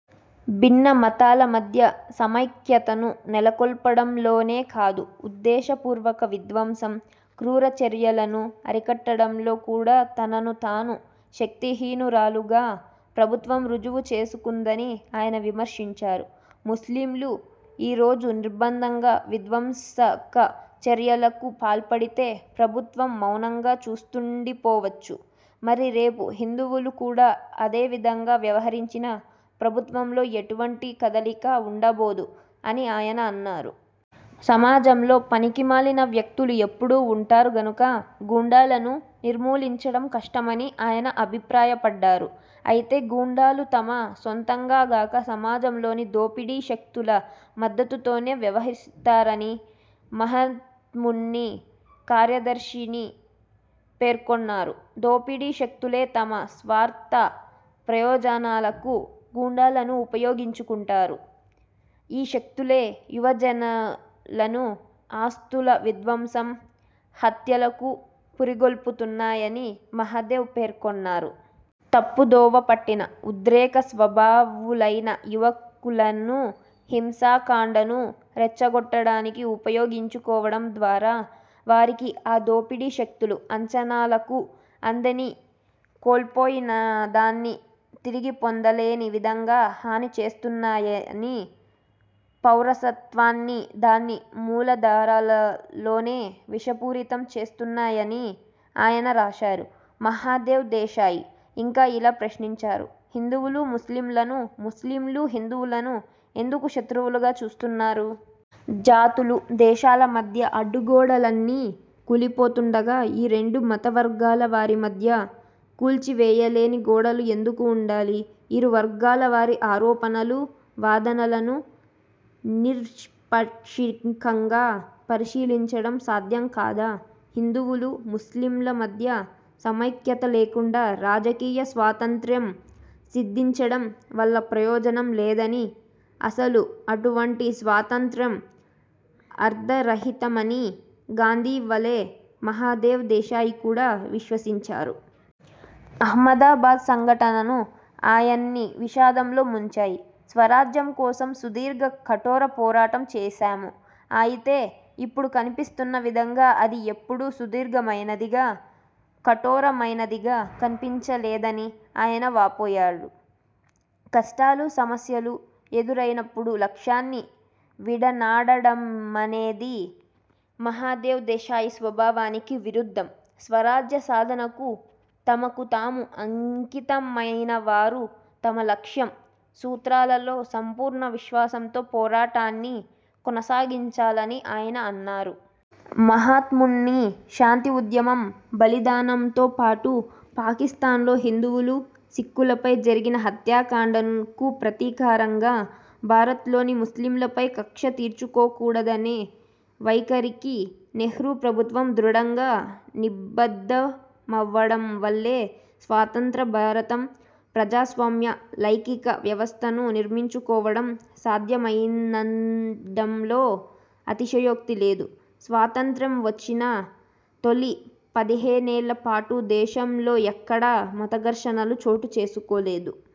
భిన్న మతాల మధ్య సమైక్యతను నెలకొల్పడంలోనేకాదు, ఉద్దేశపూర్వక విధ్వంసం, క్రూర చర్యలను అరికట్టడంలో కూడా తనను తాను శక్తిహీనురాలుగా ప్రభుత్వం రుజువు చేసుకుందని ఆయన విమర్శించారు. 'ముస్లింలు ఈ రోజు నిర్భయంగా విధ్వంసకచర్యలకు పాల్పడితే ప్రభుత్వం మౌనంగా చూస్తుండిపోవచ్చు; మరి రేపు హిందువులు కూడా అదే విధంగా వ్యవహరించినా ప్రభుత్వంలో ఎటువంటి కదలిక ఉండబోదు' అని ఆయన అన్నారు. సమాజంలో పనికిమాలిన వ్యక్తులు ఎప్పుడూ వుంటారు గనుక గూండాలను నిర్మూలించడం కష్టమని ఆయన అభిప్రాయపడ్డారు. అయితే 'గూండాలు తమ సొంతంగా గాక, సమాజంలోని దోపిడీ శక్తుల మద్దతుతోనే వ్యవహరిస్తారని' మహాత్ముని కార్యదర్శి పేర్కొన్నారు. 'దోపిడీ శక్తులే తమ స్వార్థ ప్రయోజనాలకు గూండాలను ఉపయోగించుకుంటాయి. ఈ శక్తులే యువజను లను ఆస్తుల విధ్వంసం, హత్యలకు పురిగొల్పుతాయని' మహదేవ్ పేర్కొన్నారు. 'తప్పుదోవపట్టిన, ఉద్రేక స్వభావులైన యువకులను, హింసాకాండను రెచ్చగొట్టడానికి ఉపయోగించుకోవడం ద్వారా వారికి, ఆ దోపిడీ శక్తులు అంచనాలకు అందని, కోల్పోయినదాన్ని తిరిగిపొందలేని విధంగా హాని చేస్తున్నాయని, పౌరసత్వాన్ని దాన్ని మూలాధారాలలోనే విషపూరితం చేస్తున్నాయని' ఆయన రాశారు. మహదేవ్ దేశాయి ఇంకా ఇలా ప్రశ్నించారు: హిందువులు ముస్లింలను, ముస్లింలు హిందువులను ఎందుకు శత్రువులుగా చూస్తున్నారు? జాతులు, దేశాల మధ్య అడ్డుగోడలన్నీ కూలిపోతుండగా ఈ రెండు మతవర్గాలవారి మధ్య కూల్చివేయలేని గోడలు ఎందుకు వుండాలి? ఇరు వర్గాల వారి ఆరోపణలు, వాదనలను నిష్పాక్షికంగా పరిశీలించడం సాధ్యం కాదా? హిందువులు, ముస్లింల మధ్య సమైక్యత లేకుండా రాజకీయ స్వాతంత్ర్యం సిద్ధించడం వల్ల ప్రయోజనం లేదని, అసలు అటువంటి స్వాతంత్ర్యం అర్థరహితమని గాంధీ వలే మహదేవ్ దేశాయి కూడా విశ్వసించారు. అహ్మదాబాద్ సంఘటనలు ఆయన్ని విషాదంలో ముంచాయి. 'స్వరాజ్యం కోసం సుదీర్ఘ, కఠోర పోరాటం చేశాము. అయితే ఇప్పుడు కన్పిస్తున్న విధంగా అది ఎప్పుడూ సుదీర్ఘమైనదిగా, కఠోరమైనదిగా కన్పించలేదని' ఆయన వాపోయారు. కష్టాలు, సమస్యలు ఎదురయినప్పుడు లక్ష్యాన్ని విడనాడడమనేది మహదేవ్ దేశాయి స్వభావానికి విరుద్ధం. స్వరాజ్య సాధనకు తమకు తాము అంకితమైనవారు తమ లక్ష్యం, సూత్రాలలో సంపూర్ణ విశ్వాసంతో పోరాటాన్ని కొనసాగించాలని ఆయన అన్నారు. మహాత్ముని శాంతి ఉద్యమం, బలిదానంతో పాటు పాకిస్థాన్లో హిందువులు, సిక్కులపై జరిగిన హత్యాకాండ కు ప్రతీకారంగా భారత్లోని ముస్లింలపై కక్ష తీర్చుకోకూడదనే వైఖరికి నెహ్రూ ప్రభుత్వం దృఢంగా నిబద్ధమవ్వడం వల్లే స్వతంత్ర భారతం ప్రజాస్వామ్య, లౌకిక వ్యవస్థను నిర్మించుకోవడం సాధ్యమయిందనడంలో అతిశయోక్తి లేదు. స్వాతంత్ర్యం వచ్చిన తొలి పదిహేనేళ్ళ పాటు దేశంలో ఎక్కడా మతఘర్షణలు చోటు చేసుకోలేదు.